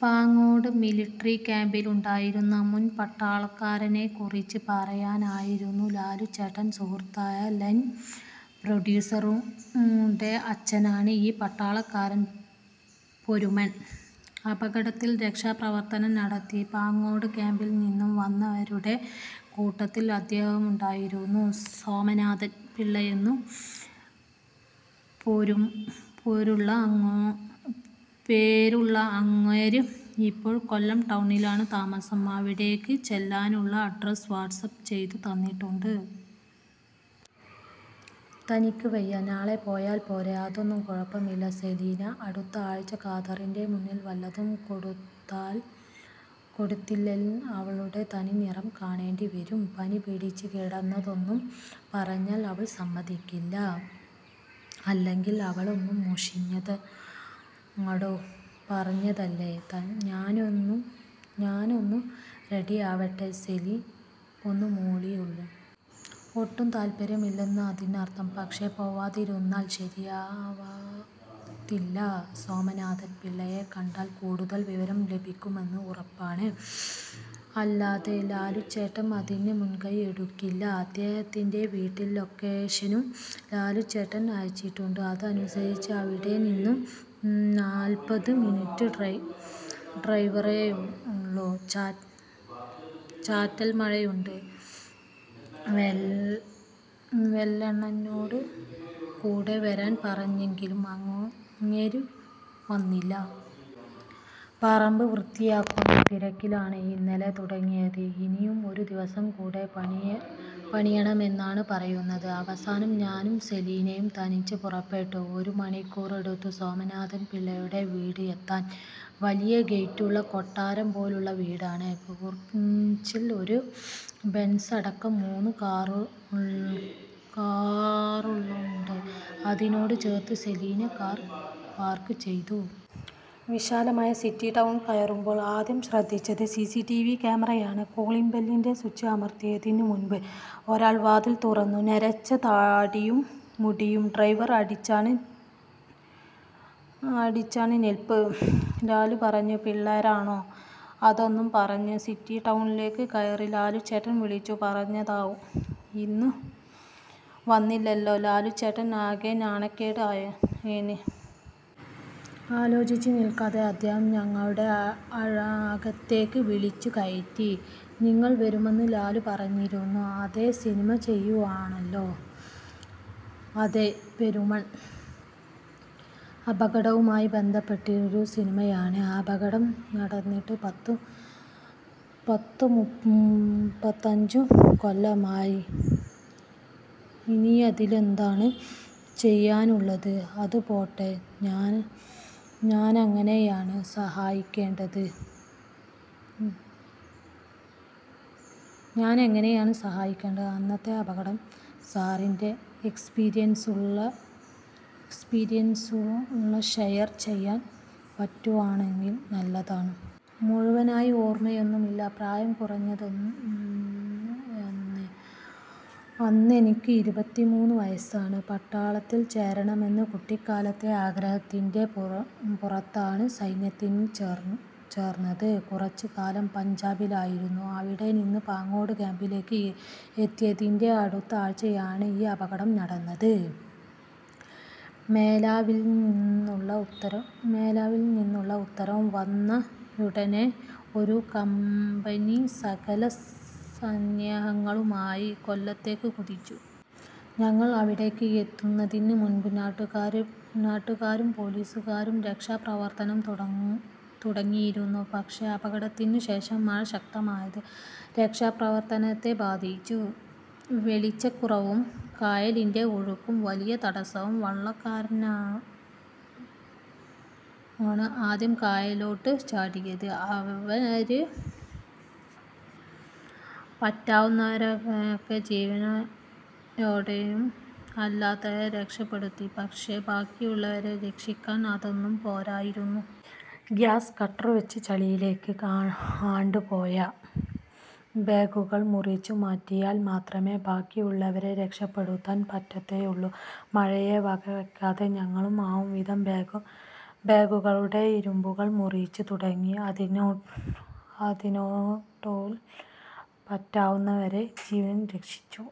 Pangode military ക്യാമ്പിലുണ്ടായിരുന്ന മുൻ പട്ടാളക്കാരനെക്കുറിച്ച് പറയാനായിരുന്നത്. ലാലുച്ചേട്ടന്റെ സുഹൃത്തായ ലൈൻപ്രൊഡ്യൂസറുടെ അച്ഛനാണ് ഈ പട്ടാളക്കാരൻ. പെരുമൺ അപകടത്തിൽ രക്ഷാപ്രവർത്തനം നടത്തിയ പാങ്ങോട് ക്യാമ്പിൽ നിന്നും വന്നവരുടെ കൂട്ടത്തിൽ അദ്ദേഹവുമുണ്ടായിരുന്നു. സോമനാഥൻ പിള്ളയെന്നു പേരുള്ള അങ്ങേര് ഇപ്പോൾ കൊല്ലം ടൗണിലാണ് താമസം. അവിടേക്ക് ചെല്ലാനുളള അഡ്രസ് വാട്സാപ്പ് ചെയ്തു തന്നിട്ടുണ്ട്. "തനിക്ക് വയ്യെങ്കിൽ നാളെ പോയാൽ പോരേ? " "അതൊന്നും കുഴപ്പമില്ല സെലിനേ. അടുത്ത ആഴ്ച കാതറിന്റെ മുന്നിൽ വല്ലതും കൊടുത്തില്ലേല് അവളുടെ തനിക്കൊണം കാണേണ്ടി വരും. പനി പിടിച്ച് കിടന്നതാണെന്നും പറഞ്ഞാല് അവള് സമ്മതിക്കില്ല. അല്ലെങ്കിലേ അവളൊന്നു മുഷിഞ്ഞത് തന്നോട് പറഞ്ഞതല്ലേ? ഞാനൊന്നു റെഡിയാവട്ടെ. " സെലിൻ ഒന്നു മൂളിയേയുള്ളു. ഒട്ടും താത്പര്യമില്ലെന്നാണ് അതിനർത്ഥം. പക്ഷേ പോവാതിരുന്നാൽ ശരിയാവത്തില്ല. സോമനാഥൻ പിള്ളയെ കണ്ടാൽ കൂടുതൽ വിവരം ലഭിക്കുമെന്നു ഉറപ്പാണ്. അല്ലാതെ ലാലുച്ചേട്ടൻ അതിനു മുൻകൈ എടുക്കില്ല. അദ്ദേഹത്തിന്റെ വീട്ടിലെ ലൊക്കേഷനും ലാലുച്ചേട്ടൻ അയച്ചിട്ടുണ്ട്. അതനുസരിച്ച് ഇവിടെ നിന്നും നാൽപ്പതു മിനിറ്റ് ഡ്രൈവേയുള്ളൂ. ചാറ്റൽ മഴയുണ്ട്. വേലണ്ണനോട് കൂടെ വരാൻ പറഞ്ഞെങ്കിലും അങ്ങേര് വന്നില്ല. പറമ്പ് വൃത്തിയാക്കുന്ന തിരക്കിലാണ്. ഇന്നലെ തുടങ്ങിയതാണത്. ഇനിയും ഒരു ദിവസം കൂടെ പണിയണമെന്നാണ് പറയുന്നത്. അവസാനം ഞാനും സെലിനും തനിച്ച് പുറപ്പെട്ടു. ഒരു മണിക്കൂറെടുത്തു സോമനാഥൻ പിള്ളയുടെ വീട് എത്താൻ. വലിയ ഗേറ്റുള്ള കൊട്ടാരം പോലുള്ള വീടാണ്. പോർച്ചിൽ ഒരു ബെൻസടക്കം മൂന്നു കാറുകളുണ്ട്. അതിനോട് ചേർത്ത് സെലിൻ കാർ പാർക്ക് ചെയ്തു. വിശാലമായ സിറ്റൌട്ടിൽ കയറുമ്പോൾ ആദ്യം ശ്രദ്ധിച്ചത് സിസിടിവി ക്യാമറയാണ്. കോളിംഗ് ബെല്ലിന്റെ സ്വിച്ചിൽ അമർത്തുന്നതിനു മുൻപ് ഒരാൾ വാതിൽ തുറന്നു. നരച്ച താടിയും മുടിയും ഡ്രൈ അടിച്ചാണ് നിൽപ്പ്. "ലാലു പറഞ്ഞ പിള്ളാരാണോ? " അതേയെന്നു പറഞ്ഞു സിറ്റൗട്ടിലേക്ക് കയറി. ലാലുച്ചേട്ടൻ വിളിച്ചു പറഞ്ഞതാവും. ഇന്നു വന്നില്ലേല് ലാലുച്ചേട്ടനത് ആകെ നാണക്കേട് ആയേനെ. ആലോചിച്ച് നിൽക്കെ അദ്ദേഹം ഞങ്ങളെ അകത്തോട്ട് വിളിച്ചു കയറ്റി. "നിങ്ങള് വരുമെന്ന് ലാലുപറഞ്ഞായിരുന്നു. ഏതോ സിനിമ ചെയ്യുവാണല്ലേ? " "അതെ, പെരുമൺ അപകടവുമായി ബന്ധപ്പെട്ടൊരു സിനിമയാണ്. " "അപകടം നടന്നിട്ട് പത്തുമുപ്പത്തഞ്ചു കൊല്ലമായി. ഇനിയതിലെന്താണ് ചെയ്യാനുള്ളത്? അതു പോട്ടെ ഞാനെങ്ങനെയാണ് സഹായിക്കേണ്ടത്? " "അന്നത്തെ അപകടത്തിൽ സാറിന്റെ എക്സ്പീരിയൻസുകള് ഷെയർ ചെയ്യാൻ പറ്റുവാണേല് നല്ലതാണ്. " "മുഴുവനായി ഓർമയൊന്നുമില്ല. പ്രായം കുറച്ചായെന്നേ... അന്നെനിക്ക് ഇരുപത്തിമൂന്നു വയസാണ്. പട്ടാളത്തിൽ ചേരണമെന്ന കുട്ടിക്കാലത്തെ ആഗ്രഹത്തിന്റെ പുറത്താണ് സൈന്യത്തിൽ ചേർന്നത്. കുറച്ചുകാലം പഞ്ചാബിലായിരുന്നു. അവിടെനിന്നും പാങ്ങോട് ക്യമ്പിലേക്ക് എത്തിയതിന്റെ അടുത്ത ആഴ്ചയിലാണ് ഈ അപകടം നടന്നത്. മേലാവിൽനിന്നുള്ള ഉത്തരവു വന്നയുടനെ ഒരു കമ്പനി സകല സന്നാഹങ്ങളുമായി കൊല്ലത്തോട്ട് കുതിച്ചു. ഞങ്ങൾ അവിടേക്ക് എത്തുന്നതിനു മുൻപ് നാട്ടുകാരും പൊലീസുകാരും രക്ഷാപ്രവർത്തനം തുടങ്ങിയിരുന്നു. പക്ഷേ, അപകടത്തിനു ശേഷം മഴ ശക്തമായത് രക്ഷാപ്രവർത്തനത്തെ ബാധിച്ചു. വെളിച്ചക്കുറവും കായലിന്റെ ഒഴുക്കും വലിയ തടസമായി. വള്ളക്കാരാണ് ആദ്യം കായലിലോട്ട് ചാടിയത്. അവര് പറ്റാവുന്നവരയൊക്കെ ജീവനോടെയും അല്ലാതെയും രക്ഷപ്പെടുത്തി. പക്ഷേ, ബാക്കിയുള്ളവരെ രക്ഷിക്കാൻ അതൊന്നും പോരായിരുന്നു. ഗ്യാസ് കട്ടർവെച്ച്, ചളിയിലേക്ക് ആണ്ടുപോയ ബോഗികൾ മുറിച്ചു മാറ്റിയാൽ മാത്രമെ ബാക്കിയുള്ളവരെ രക്ഷപ്പെടുത്താൻ പറ്റത്തുള്ളായിരുന്നു. മഴയെ വകവെക്കാതെ ഞങ്ങൾ ആവുംവിധം ബോഗികളുടെ ഇരുമ്പുകൾ മുറിച്ചു തുടങ്ങി. അതിനെടേല് പറ്റാവുന്നവരെ ജീവനോടെ രക്ഷിച്ചു.